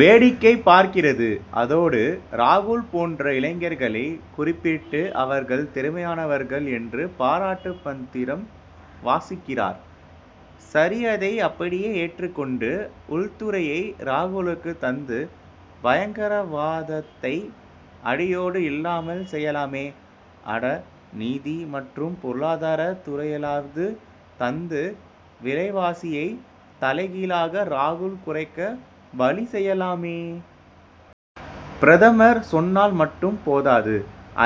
வேடிக்கை பார்க்கிறது. அதோடு, ராகுல் போன்ற இளைஞர்களை குறிப் பிட்டு, அவர்கள் திறமையானவர்கள் என்று பாராட்டு பத்திரம் வாசிக்கிறார். சரிஅதை அப்படியே ஏற்றுக் கொண்டு, உள்துறையை ராகுலுக்கு தந்து, பயங்கரவாதத்தை அடியோடு இல்லாமல் செய்யலாமே! அட, நிதி மற்றும் பொருளாதார துறையையாவது தந்து, விலைவாசியை தலைகீழாக ராகுல் குறைக்க வழி செய்யலாமே! பிரதமர், சொன்னால் மட்டும் போதாது;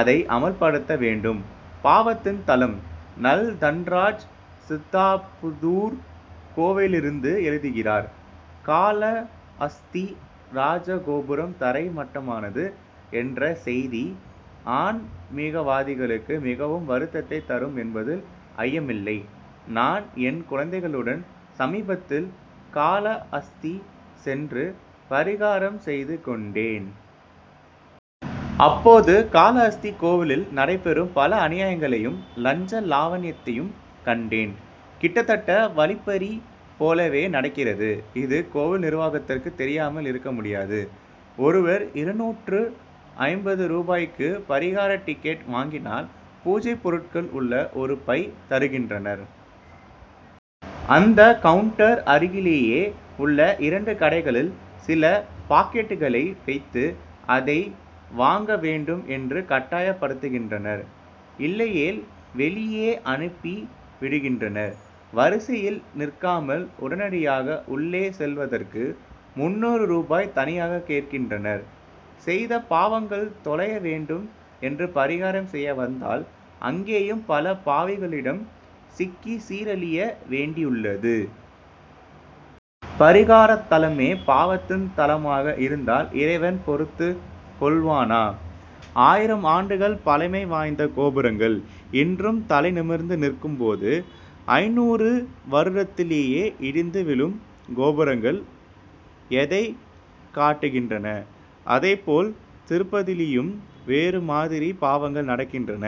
இதை அமல்படுத்த வேண்டும். பாவத்தின் தலம்! நல். தன்ராஜ், சித்தாபுதூர், கோவையிலிருந்து எழுதுகிறார் காளஹஸ்தி ராஜகோபுரம் தரை மட்டமானது என்ற செய்தி, ஆன்மிகவாதிகளுக்கு மிகவும் வருத்தத்தை தரும் என்பதில் ஐயமில்லை. நான், என் குழந்தைகளுடன், சமீபத்தில் காளஹஸ்தி சென்று, பரிகாரம் செய்து கொண்டேன். அப்போது, காளஹஸ்தி கோவிலில் நடைபெறும், பல அநியாயங்களையும், லஞ்ச லாவண்யத்தையும் கண் டேன்; கிட்டத்தட்ட வழிப் பறி போலவே நடக்கிறது. இது, கோவில் நிர்வாகத்திற்கு தெரியாமல் இருக்க முடியாது. ஒருவர் இருநூற்று ஐம்பது ரூபாய்க்கு பரிகார டிக்கெட் வாங்கினால், பூஜை பொருட்கள் உள்ள ஒரு பை தருகின்றனர். அந்த கவுன்டர் அருகிலேயே உள்ள இரண்டு கடைகளில், சில பாக்கெட்டுகளை வைத்து, அதை வாங்க வேண்டும் என்று கட்டாயப் படுத்துகின்றனர். இல்லையேல் வெளியே அனுப்பி விடுகின்றனர். வரிசையில் நிற்காமல் உடனடியாக உள்ளே செல்வதற்கு, முன்னூறு ரூபாய் தனியாக கேட்கின்றனர். செய்த பாவங்கள் தொலைய வேண்டும் என்று பரிகாரம் செய்ய வந்தால், அங்கேயும் பல பாவிகளிடம் சிக்கி சீரழிய வேண்டியுள்ளது. பரிகாரத்தலமே, பாவத்தின் தலமாக இருந் தால், இறைவன் பொறுத்துக் கொள்வானா? ஆயிரம் ஆண்டுகள் பழமை வாய்ந்த கோபுரங்கள், இன்றும் தலை நிமிர்ந்து நிற்கும் போது, ஐந்நூறு வருடத்திலேயே இடிந்து விழும் கோபுரங்கள், எதைக் காட்டுகின்றன? அதேபோல், திருப்பதியிலும் வேறுமாதிரி பாவங்கள் நடக்கின்றன.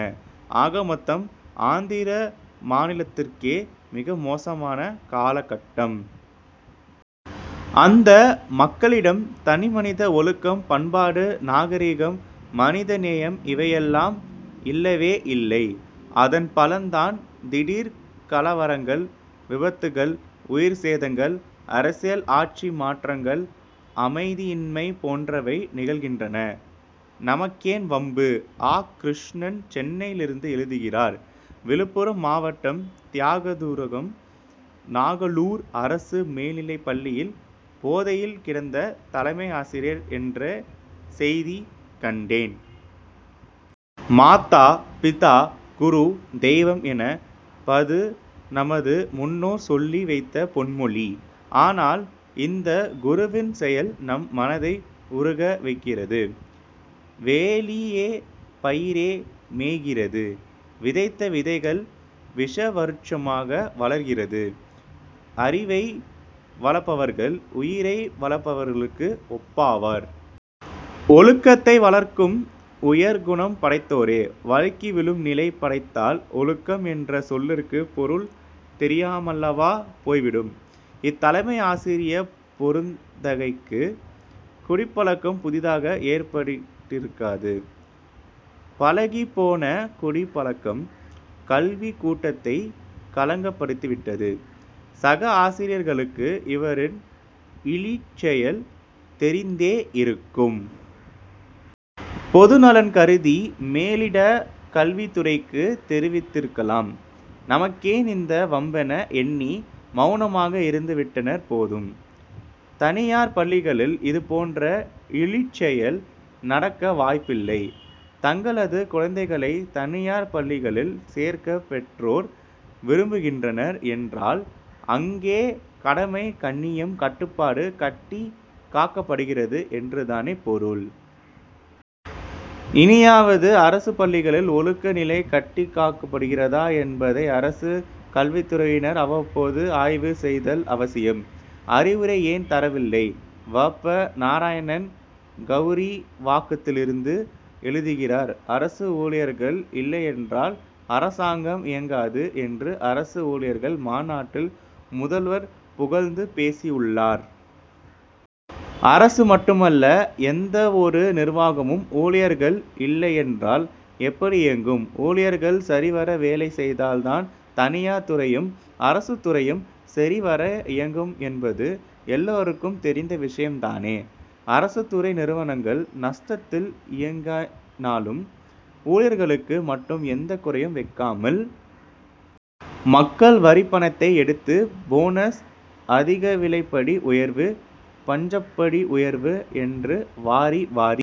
ஆகமொத்தம், ஆந்திர மாநிலத்திற்கே, மிக மோசமான காலகட்டம். அந்த மக்களிடம், தனிமனித ஒழுக்கம், பண்பாடு, நாகரிகம், மனித நேயம் இவையெல்லாம் இல்லவேயில்லை. அதன் பலன் தான், திடீர் கலவரங்கள், விபத்துகள், உயிர் சேதங்கள், அரசியல் ஆட்சி மாற்றங்கள், அமைதியின்மை போன்றவை நிகழ்கின்றன. நமக்கேன் வம்பு! ஆ. கிருஷ்ணன், சென்னையிலிருந்து எழுதுகிறார் விழுப்புரம் மாவட்டம் தியாகதுருகம் நாகலூர் அரசு மேல்நிலைப்பள்ளியில் போதையில் கிடந்த தலைமை ஆசிரியர் என்ற செய்தி கண்டேன். மாதா, பிதா, குரு, தெய்வம் என பது, நமது முன்னோர் சொல்லி வைத்த பொன் மொழி. ஆனால், இந்த குருவின் செயல், நம் மனதை உருக வைக்கிறது. வேலியே பயிரை மேய்கிறது; விதைத்த விதைகள் விஷ விருட்சமாக வளர்கிறது. அறிவை வளர்ப்பவர்கள், உயிரை வளர்ப்பவர்களுக்கு ஒப்பாவர். ஒழுக்கத்தை வளர்க்கும் உயர் குணம் படைத்தோரே, வழுக்கி விழும் நிலை படைத்தால், ஒழுக்கம் என்ற சொல்லிற்கு பொருள் தெரியாமலல்லவா போய்விடும். இத்தலைமை ஆசிரிய பொருந்தகைக்கு குடிப்பழக்கம் புதிதாக ஏற்பட்டிருக்காது. பழகிப்போன குடிப் பழக்கம், கல்விக்கூடத்தை களங்கப்படுத்தி விட்டது. சக ஆசிரியர்களுக்கு, இவரின் இழிசெயல் தெரிந்தே இருக்கும். பொதுநலன் கருதி, மேலிட கல்வித்துறைக்கு தெரிவித்திருக்கலாம். நமக்கேன் இந்த வம்பென எண்ணி, மவுனமாக இருந்து விட்டனர் போலும். தனியார் பள்ளிகளில், இதுபோன்ற இழிசெயல் நடக்க வாய்ப்பில்லை. தங்களது குழந்தைகளை, தனியார் பள்ளிகளில் சேர்க்க பெற்றோர் விரும்புகின்றனர் என்றால், அங்கே கடமை, கண்ணியம், கட்டுப்பாடு கட்டி காக்கப்படுகிறது என்று தானே பொருள். இனியாவது அரசு பள்ளிகளில், ஒழுக்க நிலை கட்டிக் காக்கப்படுகிறதா என்பதை, அரசு கல்வித்துறையினர், அவ்வப்போது ஆய்வு செய்தல் அவசியம். அறிவுரை ஏன் தரவில்லை? வ. ப. நாராயணன், கவுரிவாக்கத்திலிருந்து எழுதுகிறார் அரசு ஊழியர்கள் இல்லையென்றால், அரசாங்கம் இயங்காது என்று அரசு ஊழியர்கள் மாநாட்டில், முதல்வர் புகழ்ந்து பேசியுள்ளார். அரசு மட்டுமல்ல, எந்தவொரு நிர்வாகமும், ஊழியர்கள் இல்லையென்றால் எப்படி இயங்கும்? ஊழியர்கள் சரிவர வேலை செய்தால் தான், தனியார் துறையும், அரசுத்துறையும் சரி வர இயங்கும் என்பது எல்லாருக்கும் தெரிந்த விஷயம் தானே! அரசுத்துறை நிறுவனங்கள் நஷ்டத்தில் இயங்கினாலும், ஊழியர்களுக்கு மட்டும் எந்த குறையும் வைக்காமல், மக்கள் வரிப்பணத்தை எடுத்து, போனஸ், அதிகவிலைப்படி உயர்வு, பஞ்சப்படி உயர்வு என்று வாரி வாரி